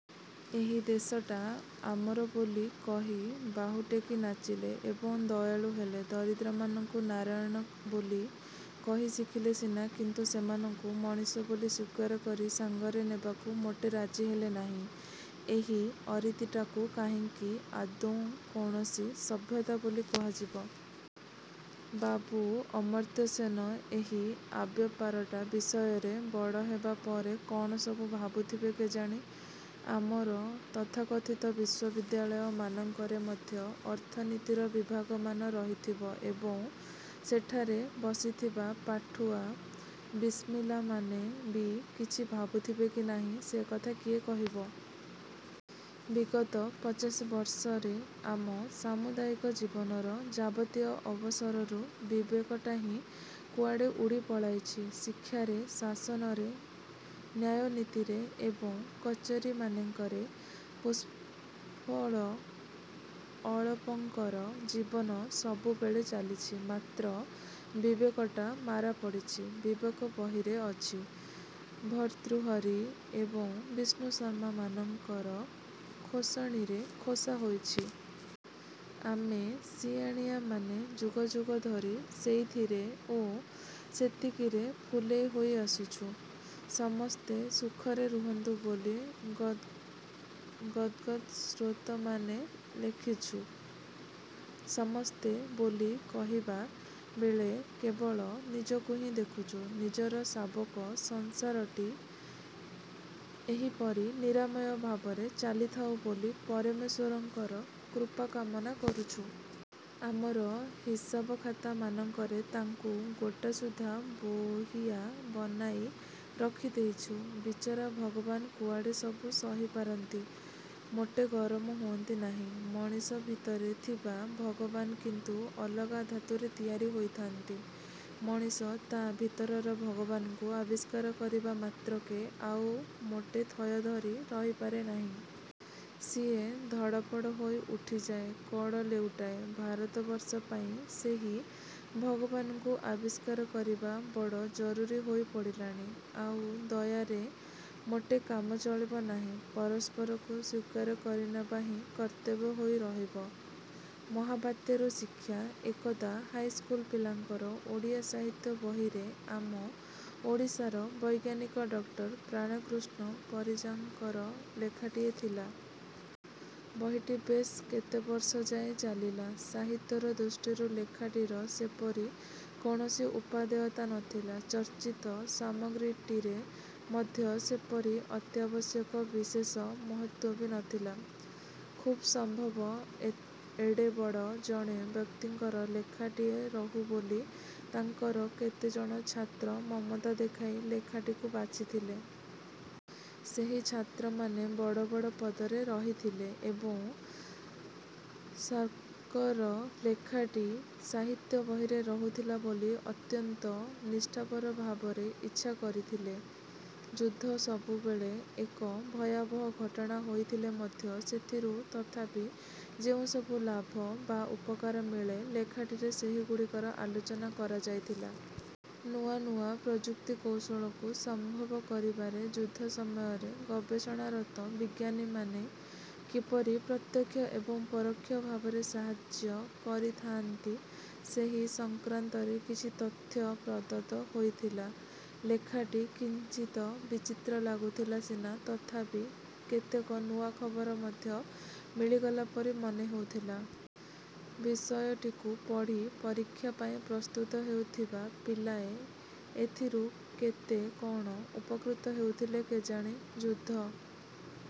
ଏହି ଦେଶଟା ଆମର ବୋଲି କହି ବାହୁ ଟେକି ନାଚିଲେ। ଏବଂ ଦୟାଳୁ ହେଲେ-। ଦରିଦ୍ରମାନଙ୍କୁ ନାରାୟଣ ବୋଲି କହି ଶିଖିଲେ ସିନା, କିନ୍ତୁ ସେମାନଙ୍କୁ ମଣିଷ ବୋଲି ସ୍ୱୀକାର କରି ସାଙ୍ଗରେ ନେବାକୁ ମୋଟେ ରାଜି ହେଲେ ନାହିଁ। ଏହି ଅରୀତିଟାକୁ କାହିଁକି ଆଦୌ କୌଣସି ସଭ୍ୟତା ବୋଲି କୁହାଯିବ? ବାବୁ ଅମର୍ତ୍ତ୍ୟ ସେନ ଏହି ଅବ୍ୟାପାରଟା ବିଷୟରେ ବଡ଼ ହେବା ପରେ କ'ଣ ସବୁ ଭାବୁଥିବେ କେଜାଣି? ଆମର ତଥାକଥିତ ବିଶ୍ୱବିଦ୍ୟାଳୟ ମାନଙ୍କରେ ମଧ୍ୟ ଅର୍ଥନୀତିର ବିଭାଗମାନ ରହିଥିବ। ଏବଂ, ସେଠାରେ ବସିଥିବା ପାଠୁଆ ବିସ୍ମିଲ୍ଲାମାନେ ବି କିଛି ଭାବୁଥିବେ କି ନାହିଁ, ସେକଥା କିଏ କହିବ? ବିଗତ ପଚାଶ ବର୍ଷରେ ଆମ ସାମୁଦାୟିକ ଜୀବନର ଯାବତୀୟ ଅବସରରୁ ବିବେକଟା ହିଁ କୁଆଡ଼େ ଉଡ଼ି ପଳାଇଛି। ଶିକ୍ଷାରେ, ଶାସନରେ, ନ୍ୟାୟନୀତିରେ ଏବଂ କଚେରୀମାନଙ୍କରେ ପୁଷ୍ପଳ ଅଳପଙ୍କର ଜୀବନ ସବୁବେଳେ ଚାଲିଛି। ମାତ୍ର ବିବେକଟା ମାରା ପଡ଼ିଛି। ବିବେକ ବହିରେ ଅଛି, ଭର୍ତ୍ତୃହରି ଏବଂ ବିଷ୍ଣୁଶର୍ମା ମାନଙ୍କର ଖୋସଣିରେ ଖୋସା ହୋଇଛି। ଆମେ ସିଆଣିଆମାନେ ଯୁଗ ଯୁଗ ଧରି ସେଇଥିରେ ଓ ସେତିକିରେ ଫୁଲେଇ ହୋଇ ଆସିଛୁ। ସମସ୍ତେ ସୁଖରେ ରହନ୍ତୁ ବୋଲି ଗଦ୍ଗଦ୍ ସ୍ତ୍ରୋତ୍ରମାନ ଲେଖିଛୁ। ସମସ୍ତେ ବୋଲି କହିବା ବେଳେ କେବଳ ନିଜକୁ ହିଁ ଦେଖିଛୁ, ନିଜର ଶାବକ-ସଂସାରଟି ଏହିପରି ନିରାମୟ ଭାବରେ ଚାଲିଥାଉ ବୋଲି ପରମେଶ୍ୱରଙ୍କର କୃପାକାମନା କରିଛୁ। ଆମର ହିସାବଖାତାମାନଙ୍କରେ ତାଙ୍କୁ ଗୋଟାସୁଦ୍ଧା ବେହିଆ ବନାଇ ରଖିଦେଇଛୁ। ବିଚରା ଭଗବାନ କୁଆଡ଼େ ସବୁ ସହିପାରନ୍ତି। ମୋଟେ ଗରମ ହୁଅନ୍ତି ନାହିଁ। ମଣିଷ ଭିତରେ ଥିବା ଭଗବାନ କିନ୍ତୁ ଅଲଗା ଧାତୁରେ ତିଆରି ହୋଇଥାନ୍ତି। ମଣିଷ ତା' ଭିତରର ଭଗବାନଙ୍କୁ ଆବିଷ୍କାର କରିବା ମାତ୍ରକେ ଆଉ ମୋଟେ ଥୟ ଧରି ରହିପାରେ ନାହିଁ। ସିଏ ଧଡ଼ପଡ଼ ହୋଇ ଉଠିଯାଏ। କଡ଼ ଲେଉଟାଏ। ଭାରତବର୍ଷ ପାଇଁ ସେହି ଭଗବାନଙ୍କୁ ଆବିଷ୍କାର କରିବା ବଡ଼ ଜରୁରୀ ହୋଇ ପଡ଼ିଲାଣି। ଆଉ ଦୟାରେ ମୋଟେ କାମ ଚଳିବ ନାହିଁ। ପରସ୍ପରକୁ ସ୍ୱୀକାର କରିନେବା ହିଁ କର୍ତ୍ତବ୍ୟ ହୋଇ ରହିବ। ମହାବାତ୍ୟାରୁ ଶିକ୍ଷା ଏକଦା ହାଇସ୍କୁଲ ପିଲାଙ୍କର ଓଡ଼ିଆ ସାହିତ୍ୟ ବହିରେ ଆମ ଓଡ଼ିଶାର ବୈଜ୍ଞାନିକ ଡ଼କ୍ଟର ପ୍ରାଣକୃଷ୍ଣ ପରିଜାଙ୍କର ଲେଖାଟିଏ ଥିଲା। ବହିଟି ବେଶ୍ କେତେବର୍ଷ ଯାଏ ଚାଲିଲା। ସାହିତ୍ୟର ଦୃଷ୍ଟିରୁ ଲେଖାଟିର ସେପରି କୌଣସି ଉପାଦେୟତା ନଥିଲା। ଚର୍ଚ୍ଚିତ ସାମଗ୍ରୀଟିରେ ମଧ୍ୟ ସେପରି ଅତ୍ୟାବଶ୍ୟକ ବିଶେଷ ମହତ୍ତ୍ୱ ବି ନଥିଲା। ଖୁବ୍ ସମ୍ଭବ ଏଡ଼େ ବଡ଼ ଜଣେ ବ୍ୟକ୍ତିଙ୍କର ଲେଖାଟିଏ ରହୁ ବୋଲି ତାଙ୍କର କେତେଜଣ ଛାତ୍ର ମମତା ଦେଖାଇ ଲେଖାଟିକୁ ବାଛିଥିଲେ। ସେହି ଛାତ୍ରମାନେ ବଡ଼ ବଡ଼ ପଦରେ ରହିଥିଲେ ଏବଂ ସାର୍ଙ୍କର ଲେଖାଟିଏ ସାହିତ୍ୟ ବହିରେ ରହୁ ବୋଲି ଅତ୍ୟନ୍ତ ନିଷ୍ଠାପର ଭାବରେ ଇଚ୍ଛା କରିଥିଲେ। ଯୁଦ୍ଧ ସବୁବେଳେ ଏକ ଭୟାବହ ଘଟଣା ହୋଇଥିଲେ ମଧ୍ୟ ସେଥିରୁ ତଥାପି ଯେଉଁସବୁ ଲାଭ ବା ଉପକାର ମିଳେ, ଲେଖାଟିରେ ସେହିଗୁଡ଼ିକର ଆଲୋଚନା କରାଯାଇଥିଲା। ନୂଆ ନୂଆ। ପ୍ରଯୁକ୍ତି-କୌଶଳକୁ ସମ୍ଭବ କରିବାରେ ଯୁଦ୍ଧ ସମୟରେ ଗବେଷଣାରତ ବିଜ୍ଞାନୀମାନେ କିପରି ପ୍ରତ୍ୟକ୍ଷ ଏବଂ ପରୋକ୍ଷ ଭାବରେ ସାହାଯ୍ୟ କରିଥାଆନ୍ତି, ସେହି ସଂକ୍ରାନ୍ତରେ କିଛି ତଥ୍ୟ ପ୍ରଦତ୍ତ ହୋଇଥିଲା। ଲେଖାଟି କିଞ୍ଚିତ୍ ବିଚିତ୍ର ଲାଗୁଥିଲା ସିନା, ତଥାପି କେତେକ ନୂଆ ଖବର ମଧ୍ୟ ମିଳିଗଲା ପରି ମନେ ହେଉଥିଲା। ବିଷୟଟିକୁ ପଢ଼ି ପରୀକ୍ଷା ପାଇଁ ପ୍ରସ୍ତୁତ ହେଉଥିବା ପିଲାଏ ଏଥିରୁ କେତେ କ'ଣ ଉପକୃତ ହେଉଥିଲେ କେଜାଣି? ଯୁଦ୍ଧ